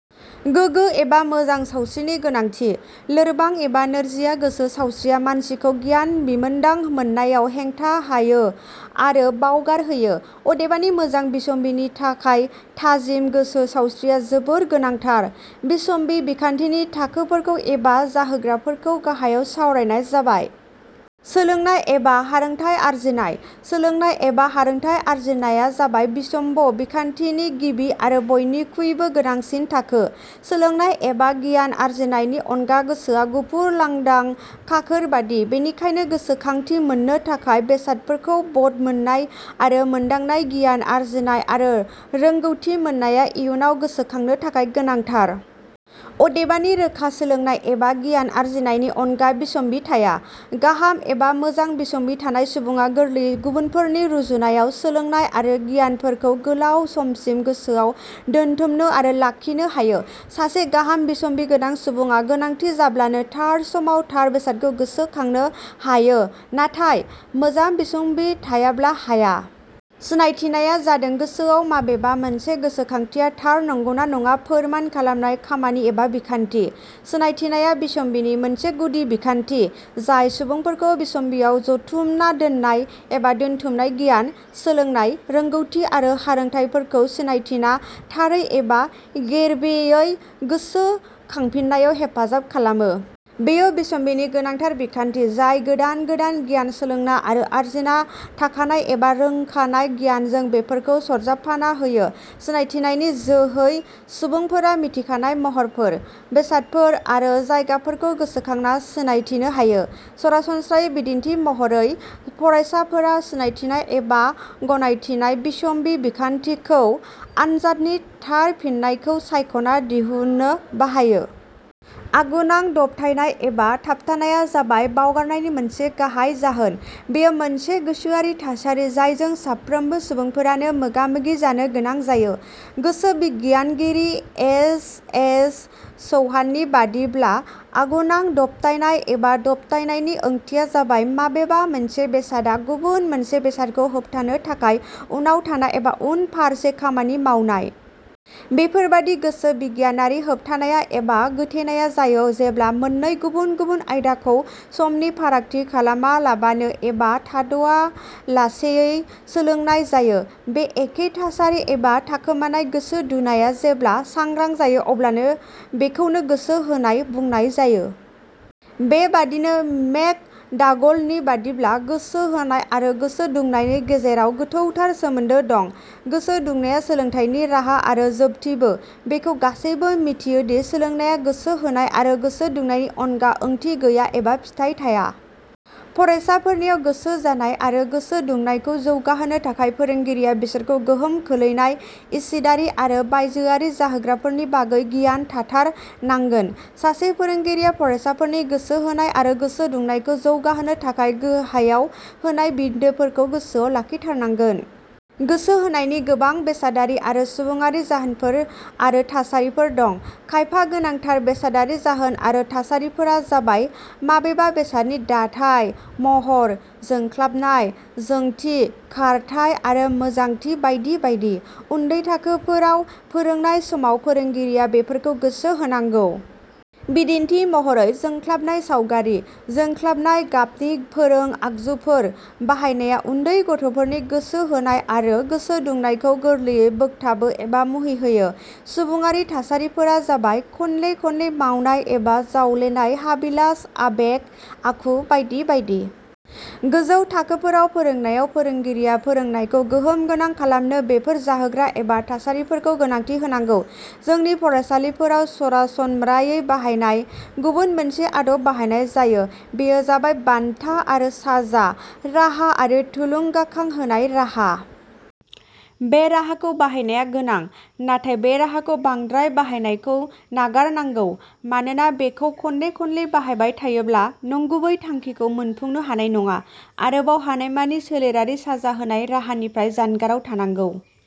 गोगो एबा मोजां सावस्रिनि गोनांथि: लोरबां एबा नोरजिया गोसो सावस्रिया मानसिखौ गियान बिमोनदां मोननायाव हेंथा हायो आरो बावगार होयो। अदेबानि मोजां बिसम्बिनि थाखाय थाजिम गोसो सावस्रिया जोबोर गोनांथार।: बिसम्बि बिखान्थिनि थाखोफोरखौ एबा जाहोग्राफोरखौ गाहायाव सावरायनाय जाबायः. सोलोंनाय एबा हारोंथाइ आरजिनाय: सोलोंनाय एबा हारोंथाइ आरजिनाया जाबाय बिसम्ब बिखान्थिनि गिबि आरो बयनिखुइबो गोनांसिन थाखो। सोलोंनाय एबा गियान आरजिनायनि अनगा गोसोआ गुफुर लांदां खाखोर बादि। बेनिखायनो गोसोखांथि मोननो थाखाय बेसादफोरखौ बदमोननाय आरो मोनदांनाय गियान आरजिनाय आरो रोंगौथि मोननाया इयुनाव गोसोखांनो थाखाय गोनांथार। अदेबानि रोखा सोलोंनाय एबा गियान आरजिनायनि अनगा बिसम्बि थाया। गाहाम एबा मोजां बिसम्बि थानाय सुबुङा गोरलैयै गुबुनफोरनि रुजुनायाव सोलोंनाय आरो गियानफोरखौ गोलाउ समसिम गोसोआव दोनथुमनो आरो लाखिनो हायो। सासे गाहाम बिसम्बि गोनां सुबुङा गोनांथि जाब्लानो थार समाव थार बेसादखौ गोसो खांनो हायो नाथाय, मोजां बिसम्बि थायाब्ला हाया। सिनायथिनाया जादों गोसोआव माबेबा मोनसे गोसोखांथिया थार नंगौना नङा फोरमान खालामनाय खामानि एबा बिखान्थि। सिनायथिनाया बिसम्बिनि मोनसे गुदि बिखान्थि जाय सुबुंफोरखौ बिसम्बियाव जथुमना दोननाय एबा दोनथुमनाय गियान, सोलोंनाय, रोंगौथि आरो हारोंथाइफोरखौ सिनायथिना थारै एबा गेर्बेयै गोसो खांफिननायाव हेफाजाब खालामो। बेयो बिसम्बिनि गोनांथार बिखान्थि जाय गोदान गोदान गियान सोलोंना आरो आरजिना थाखानाय एबा रोंखानाय गियानजों बेफोरखौ सरजाबफाना होयो। सिनायथिनायनि जो है सुबुंफोरा मिथिखानाय महरफोर, बेसादफोर आरो जायगाफोरखौ गोसोखांना सिनायथिनो हायो। सरासनस्रायै, बिदिन्थि महरै फरायसाफोरा सिनायथिनाय एबा गनायथिनाय बिसम्बि बिखान्थिखौ "" आनजादनि थार फिननायखौ सायख'ना दिहुननो बाहायो।: आगुनां दबथाइनाय एबा थाबथानाया जाबाय बावगारनायनि मोनसे गाहाइ जाहोन। बेयो मोनसे गोसोआरि थासारि जायजों साफ्रोमबो सुबुंफोरानो मोगा-मोगि जानो गोनां जायो। गोसोबिगियानगिरि एस. एस. चौहाननि बादिब्ला, 'आगुनां दबथाइनाय एबा दबथानायनि ओंथिया जाबाय माबेबा मोनसे बेसादा गुबुन मोनसे बेसादखौ होबथानो थाखाय उनाव थाना एबा उन फारसे खामानि मावनाय। ' बेफोरबादि गोसो बिगियानारि होबथानाया एबा गोथेनाया जायो जेब्ला मोननै गुबुन-गुबुन आयदाखौ समनि फारागथि खालामालाबानो एबा थाद'आलासेयै सोलोंनाय जायो। बे एखे थासारि एबा थाखोमानाय गोसो दुनाया जेब्ला सांग्रां जायो अब्लानो बेखौनो गोसो होनाय बुंनाय जायो। बे बादिनो मेक. डागल नि बादिब्ला गोसो होनाय आरो गोसो दुंनायनि गेजेराव गोथौथार सोमोन्दो दं। "गोसो दुंनाया सोलोंथाइनि राहा आरो जोबथिबो": बेखौ गासैबो मिथियोदि सोलोंनाया गोसो होनाय आरो गोसो दुंनायनि अनगा ओंथि गैया एबा फिथाइ थाया। फरायसाफोरनियाव गोसो जानाय आरो गोसो दुंनायखौ जौगाहोनो थाखाय फोरोंगिरिया बिसोरखौ गोहोम खोलैनाय इसिडारि आरो बायजोआरि जाहोग्राफोरनि बागै गियान थाथार नांगोन। सासे फोरोंगिरिया फरायसाफोरनि गोसो होनाय आरो गोसो दुंनायखौ जौगाहोनो थाखाय गाहायाव होनाय बिन्दोफोरखौ गोसोआव लाखिथारनांगोनः. गोसो होनायनि गोबां बेसादारि आरो सुबुडारि जाहोनफोर आरो थासारिफोर दं। खायफा गोनांथार बेसादारि जाहोन आरो थासारिफोरा जाबाय- माबेबा बेसादनि दाथाइ, महर, जोंख्लाबनाय, जोंथि, खारथाइ आरो मोजांथि बायदि बायदि। उन्दै थाखोफोराव फोरोंनाय समाव फोरोंगिरिया बेफोरखौ गोसो होनांगौ। बिदिन्थि महरै जोंख्लाबनाय सावगारि, जोंख्लाबनाय गाबनि फोरों आगजुफोर बाहायनाया उन्दै गथ'फोरनि गोसो होनाय आरो गोसो दुंनायखौ गोरलैयै बोगथाबो एबा मुहि होयो। सुबुङारि थासारिफोरा जाबाय- खनले खनले मावनाय एबा जावलेनाय, हाबिलास, आबेग, आखु बायदि बायदि। गोजौ थाखोफोराव फोरोंनायाव फोरोंगिरिया फोरोंनायखौ गोहोम गोनां खालामनो बेफोर जाहोग्रा एबा थासारिफोरखौ गोनांथि होनांगौ।. जोंनि फरायसालिफोराव सरासनम्रायै बाहायनाय गुबुन मोनसे आदब बाहायनाय जायो, बेयो जाबाय "बान्था आरो साजा" राहा आरो" थुलुंगाखां होनाय" राहा। बे राहाखौ बाहायनाया गोनां, नाथाइ बे राहाखौ बांद्राय बाहायनायखौ नागार नांगौ। मानोना बेखौ खनले खनले बाहायबाय थायोब्ला नंगुबै थांखिखौ मोनफुंनो हानाय नङा। आरोबाव हानायमानि सोलेरारि साजा होनाय राहानिफ्राय जानगाराव थानांगौ.